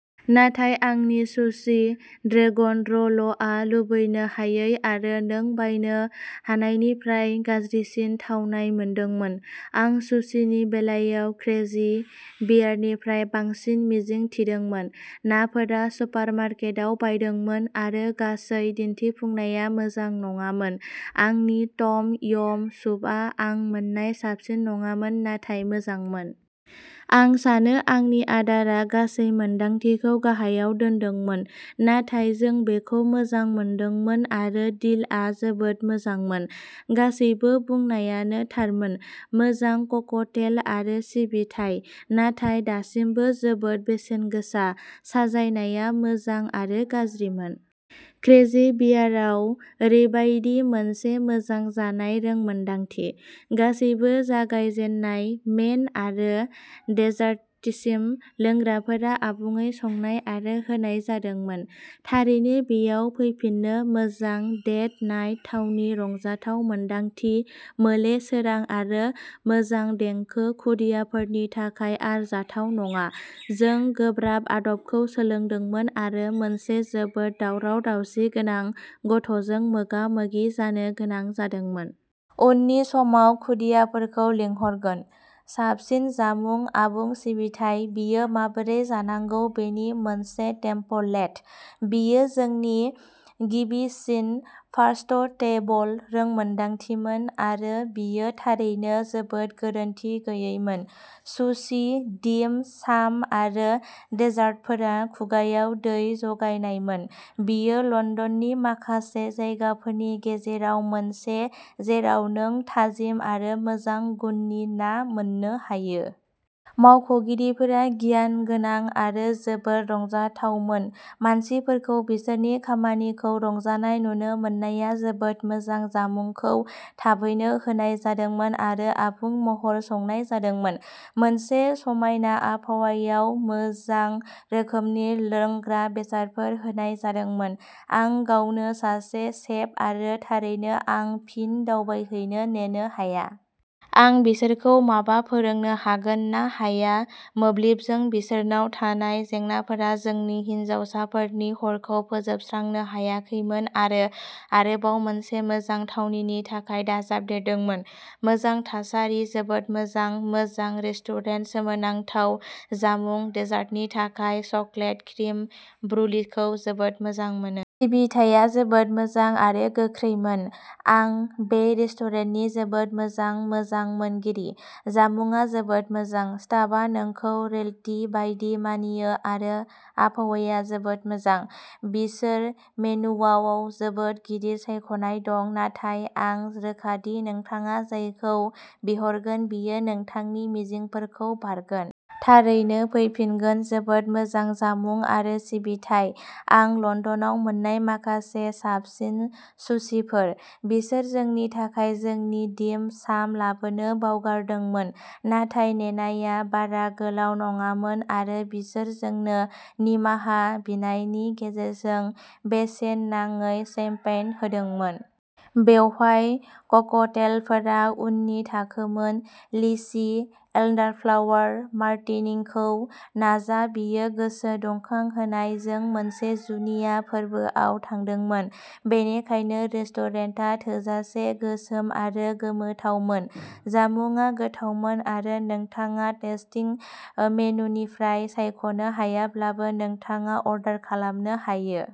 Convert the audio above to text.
नाथाय आंनि सुसि-ड्रेगन र'ल-आ लुबैनो हायै आरो नों बायनो हानायनिफ्राय गाज्रिसिन थावनाय मोनदोंमोन। आं सुसिनि बेलायाव क्रेजी बियारनिफ्राय बांसिन मिजिं थिदोंमोन, नाफोरा सुपारमार्केटआव बायदोंमोन आरो गासै दिन्थिफुंनाया मोजां नङामोन। आंनि टम यम सुपआ आं मोननाय साबसिन नङामोन नाथाय मोजांमोन। आं सानो आंनि आदारा गासै मोन्दांथिखौ गाहायाव दोनदोंमोन, नाथाय जों बेखौ मोजां मोनदोंमोन आरो डिलआ जोबोद मोजांमोन। गासैबो बुंनायानो थारमोन। मोजां ककटेल आरो सिबिथाइ नाथाय दासिमबो जोबोद बेसेन गोसा। साजायनाया मोजां आरो गाज्रिमोन। क्रेजी बियाराव ओरैबायदि मोनसे मोजां जानाय रोंमोनदांथि। गासैबो जागायजेननाय, मेन आरो डेजार्टसिम लोंग्राफोरा आबुङै संनाय आरो होनाय जादोंमोन। थारैनो बेयाव फैफिनो! मोजां डेट नाइट थावनि-रंजाथाव मोनदांथि, मोले सोरां आरो मोजां देंखो! खुदियाफोरनि थाखाय आरजाथाव नङा, जों गोब्राब आदबखौ सोलोंदोंमोन आरो मोनसे जोबोद दावराव-दावसि गोनां गथ'जों मोगा-मोगि जानो गोनां जादोंमोन... उननि समाव खुदियाफोरखौ लिंहरगोन! साबसिन जामुं, आबुं सिबिथाइ, बेयो माबोरै जानांगौ बेनि मोनसे टेम्पलेट। बेयो जोंनि गिबिसिन'फार्स्टटेबल'रोंमोनदांथिमोन आरो बेयो थारैनो जोबोद गोरोन्थि गैयैमोन। सुसि, डिम साम आरो डेजार्टफोरा खुगाआव दै जगायनायमोन। बेयो लन्दननि माखासे जायगाफोरनि गेजेराव मोनसे जेराव नों थाजिम आरो मोजां गुननि ना मोननो हायो। मावख'गिरिफोरा गियान गोनां आरो जोबोद रंजाथावमोन, मानसिफोरखौ बिसोरनि खामानिखौ रंजानाय नुनो मोननाया जोबोद मोजां! जामुंखौ थाबैनो होनाय जादोंमोन आरो आबुं महरै संनाय जादोंमोन। मोनसे समायना आबहावायाव मोजां रोखोमनि लोंग्रा बेसादफोर होनाय जादोंमोन। आं गावनो सासे सेफ आरो थारैनो आं फिन दावबायहैनो नेनो हाया। आं बिसोरखौ माबा फोरोंनो हागोन ना हाया। मोब्लिबजों बिसोरनाव थानाय जेंनाफोरा जोंनि हिनजावसाफोरनि हरखौ फोजोबस्रांनो हायाखैमोन, आरो आरोबाव मोनसे मोजां थावनिनि थाखाय दाजाबदेरदोंमोन। मोजां थासारि। जोबोद मोजां!! मोजां रेस्टुरेन्ट। सोमोनांथाव जामुं-डेजार्टनि थाखाय चकलेट क्रिम ब्रुलिखौ जोबोद मोजां मोनो! सिबिथाया जोबोद मोजां आरो गोख्रैमोन। आं बे रेस्टुरेन्टनि जोबोद मोजां मोजां मोनगिरि! जामुंआ जोबोद मोजां। स्टाफआ नोंखौ रयेल्टी बायदि मानियो आरो आबहावाया जोबोद मोजां! बिसोर मेनुवाव जोबोद गिदिर सायख'नाय दं नाथाय आं रोखा दि नोंथाङा जायखौ बिहरगोन बेयो नोंथांनि मिजिंफोरखौ बारगोन! थारैनो फैफिनगोन! जोबोद मोजां जामुं आरो सिबिथाइ! आं लन्दनाव मोन्नाय माखासे साबसिन सुसिफोर! बिसोर जोंनि थाखाय जोंनि डिम साम लाबोनो बावगारदोंमोन नाथाय नेनाया बारा गोलाव नङामोन आरो बिसोर जोंनो निमाहा बिनायनि गेजेरजों बेसेन नाङै शैम्पेन होदोंमोन! बेवहाय ककटेलफोरा उननि थाखोमोन। लिचि एल्डारफ्लावार मार्टिनिखौ नाजा-बेयो गोसो दुंखांहोनाय! जों मोनसे जुनिया फोरबोआव थांदोंमोन, बेनिखायनो रेस्टुरेन्टआ थोजासे गोसोम आरो गोमोथावमोन। जामुंआ गोथावमोन आरो नोंथाङा टेस्टिं मेनुनिफ्राय सायख'नो हायाब्लाबो नोंथाङा अर्डार खालामनो हायो।